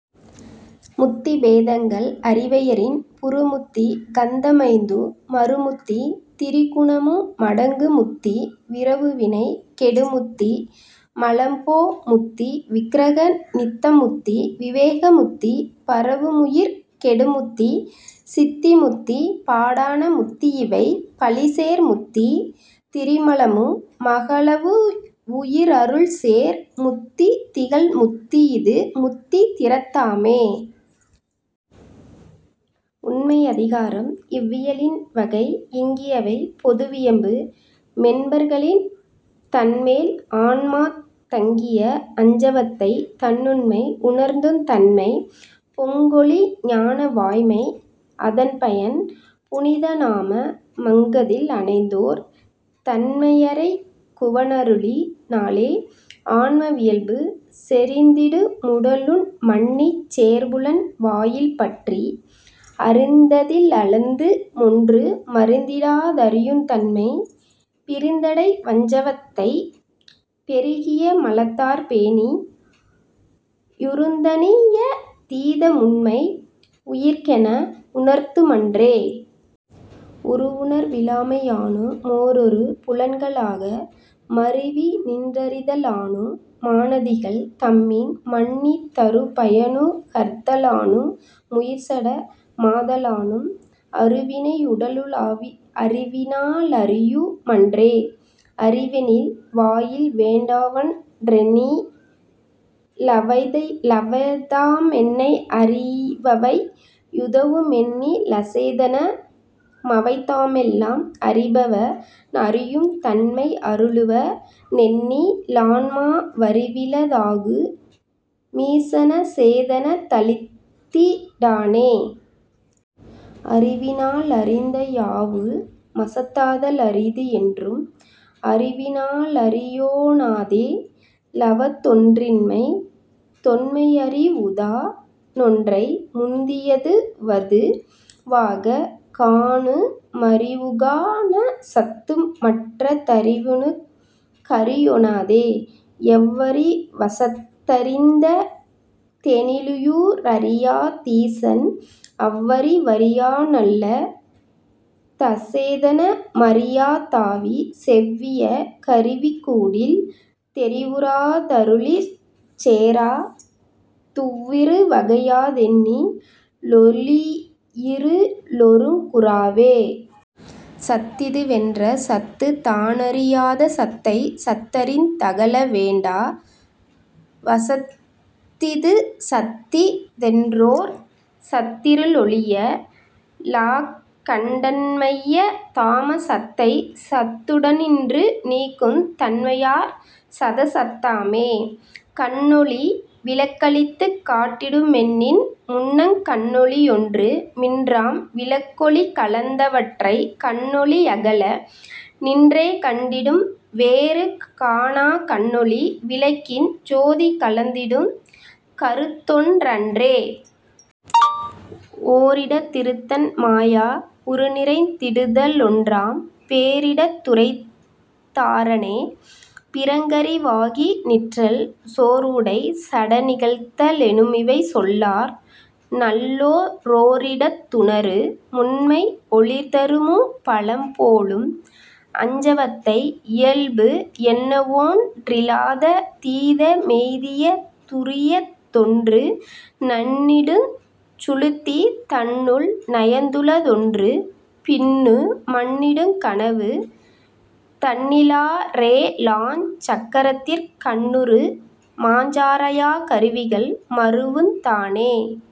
முத்தி பேதங்கள் அரிவையரின் புறுமுத்தி கந்த மைந்து மறுமுத்தி திரிகுணமு மடங்கு முத்தி விரவுவினை கெடுமுத்தி மலம்போ முத்தி விக்கிரக நித்தமுத்தி விவேக முத்தி பரவுமுயிர் கெடுமுத்தி சித்தி முத்தி பாடாண முத்தியிவை பழிசேர் முத்தி திரிமலமு மகலவுஉயி ரருள்சேர் முத்தி திகழ்முத்தி யிதுமுத்தித் திறத் தாமே. உண்மை அதிகாரம் இவ்வியலின் வகை இங்கியவை பொதுவி யம்பு மென்பர்க ளிதன்மேல் ஆன்மாத் தங்கிய அஞ்சவத்தை தன்னுண்மை உணர்த்துந் தன்மை பொங்கொளி ஞான வாய்மை அதன்பயன் புனித னாம மங்கதில் அணைந்தோர் தன்மை யறைகுவ னருளி னாலே.. ஆன்ம வியல்பு செறிந்திடு முடலுண் மன்னிச் சேர்புலன் வாயில்பற்றி யறிந்ததி லழுந்து மொன்று மறிந்திடா தறியுந்தன்மை பிறிந்தடை வஞ்ச வத்தை பெருகிய மலத்தாற்பேணி யுறுந்தனி யதீத முண்மை யுயிர்க்கென வுணர்த்துமன்றே. உருவுணர் விலாமை யானு மோரொரு புலன்களாக மருவிநின் றறித லானு மனாதிகள் தம்மின் மன்னித் தருபய னுகர்த லானு முயிர்சட மாத லானும் அருவினை யுடலு ளாவி யறிவினா லறியு மன்றே. அறிவெனில் வாயில் வேண்டா வன்றெனி லவைதாமென்னை யறிவவை யுதவு மென்னி லசேதன மவைதாமெல்லாம் அறிபவ னறியுந் தன்மை யருளுவ னென்னி லான்மா வறிவில தாகு மீச னசேதனத் தளித்தி டானே. அறிவினா லறிந்த யாவு மசத்தாத லறிதி யென்றும் அறிவினா லறியொ ணாதே லாவதொன்றின்மை தொன்மை யறி வுதா னொன்றை முந்தி யதுவது வாகக் காணு மறிவுகா ணசத்து மற்ற தறிவினுக் கறியொணாதே. எவ்வறி வசத்த றிந்த தெனிலுயி ரறியா தீசன் அவ்வறி வறியா னல்ல தசேதன மறியா தாவி செவ்விய கருவி கூடில் தெரிவுறா தருளிற் சேரா துவ்விரு வகைய தென்னி லொளியிரு ளொருங்குறாவே. சத்திது வென்ற சத்துத் தானறி யாத சத்தைத் சத்தறிந் தகலவேண்டா வசத்திதுசத்தி தென்றோர் சத்திரு ளொளிய லாக்கண் டன்மைய தாம சத்தைச் சத்துட னின்று நீக்குந் தன்மையாற் சதசத்தாமே. கண்ணொளி விளக்களித்துக் காட்டிடுமென்னின் முன்னங் கண்ணொளி யொன்று மின்றாம் விளக்கொளி கலந்த வற்றைச் கண்ணொளி யகல நின்றே கண்டிடும் வேறு காணாக் கண்ணொளி விளக்கின் சோதி கலந்திடுங் கருத்தொன் றன்றே. ஓரிடத் திருத்தன் மாயா வுருநிறைந் திடுத லொன்றாம் பேரிடத் துறைத றானே பிறங்கறி வாகி நிற்றல் சோர்வுடைச் சடநி கழ்த்த லெனுமிவை சொல்லார் நல்லோ ரோரிடத் துணரு முண்மை யொளிர்தரு முபலம் போலும்.. அஞ்சவத்தை இயல்பு எண்ணவொன் றிலாத தீத மெய்திய துரியத் தொன்று நண்ணிடுஞ் சுழுத்தி தன்னில் நயந்துள தொன்று பின்னு மண்ணிடுங் கனவு தன்னி லாறேழாஞ் சாக்கிரத்திற் கண்ணுறு மஞ்சா றாய கருவிகள் மருவுந் தானே.